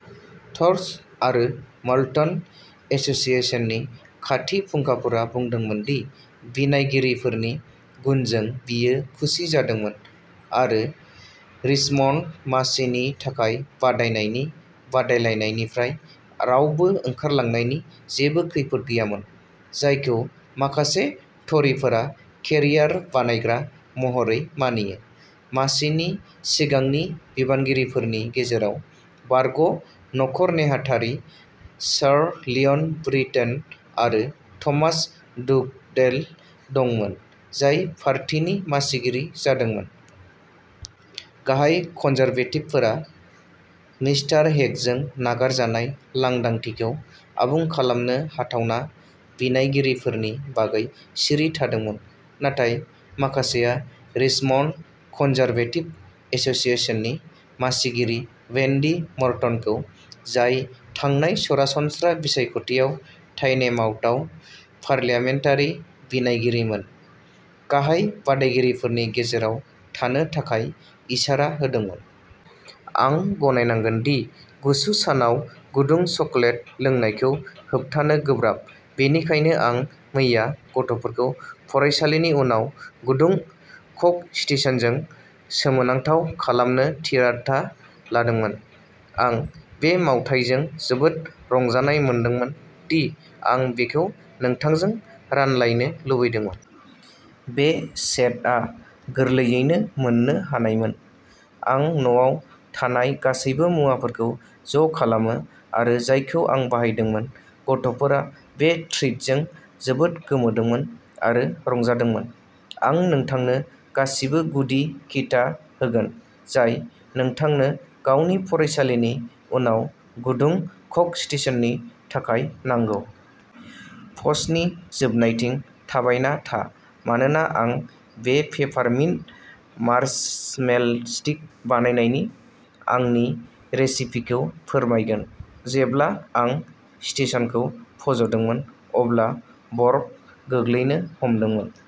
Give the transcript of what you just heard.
" Thirsk आरो Malton एस'सिएशननि खाथि फुंखाफोरा बुंदोंमोन दि बिनायगिरिफोरनि गुनजों बियो खुसि जादोंमोन। आरो रिजमन्ड मासिनि थाखाय बादायनायनि बादायलायनायनिफ्राय रावबो ओंखारलांनायनि जेबो खैफोद गैयामोन, जायखौ माखासे ट'रीफोरा "केरियार बानायग्रा" महरै मानियो। मासिनि सिगांनि बिबानगिरिफोरनि गेजेराव बारग'नखर नेहाथारि सार लिय'न ब्रिटन आरो थ'मास डुगडेल दंमोन, जाय पार्टीनि मासिगिरि जादोंमोन। गाहाय कनजारभेटिभफोरा मिस्टार हेगजों नागारजानाय लांदांथिखौ आबुं खालामनो हाथावना बिनायगिरिफोरनि बागै सिरि थादोंमोन, नाथाय माखासेया रिजमन्ड कनजारभेटिभ एस'सिएशननि मासिगिरि वेन्डी मर्टनखौ, जाय थांनाय सरासनस्रा बिसायख'थियाव टाइनेमाउथआव पार्लियामेन्टारि बिनायगिरिमोन, गाहाय बादायगिरिफोरनि गेजेराव थानो थाखाय इसारा होदोंमोन। आं गनायनांगोन दि गुसु सानाव गुदुं चकलेट लोंनायखौ होबथानो गोब्राब। बेनिखायनो आं मैया गथ'फोरखौ फरायसालिनि उनाव गुदुं क'क'स्टेशनजों सोमोनांथाव खालामनो थिरांथा लादोंमोन! आं बे मावथायजों जोबोद रंजानाय मोनदोंमोन दि आं बेखौ नोंथांजों रानलायनो लुबैदोंमोन! बे सेटआ गोरलैयैनो मोननो हानायमोन! आं न'आव थानाय गासैबो मुवाफोरखौ ज'खालामो आरो जायखौ आं बाहायदोंमोन। गथ'फोरा बे ट्रिटजों जोबोद गोमोदोंमोन आरो रंजादोंमोन। आं नोंथांनो गासिबो गुदि खिथा होगोन, जाय नोंथांनो गावनि फरायसालिनि उनाव गुदुं क'क'स्टेशननि थाखाय नांगौ! प'स्टनि जोबनायथिं थाबायना था, मानोना आं बे पेपारमिन्ट मार्शमेल'स्टिक बानायनायनि आंनि रेसिपिखौ फोरमायगोन! जेब्ला आं स्टेशनखौ फज'दोंमोन, अब्ला बरफ गोग्लैनो हमदोंमोन।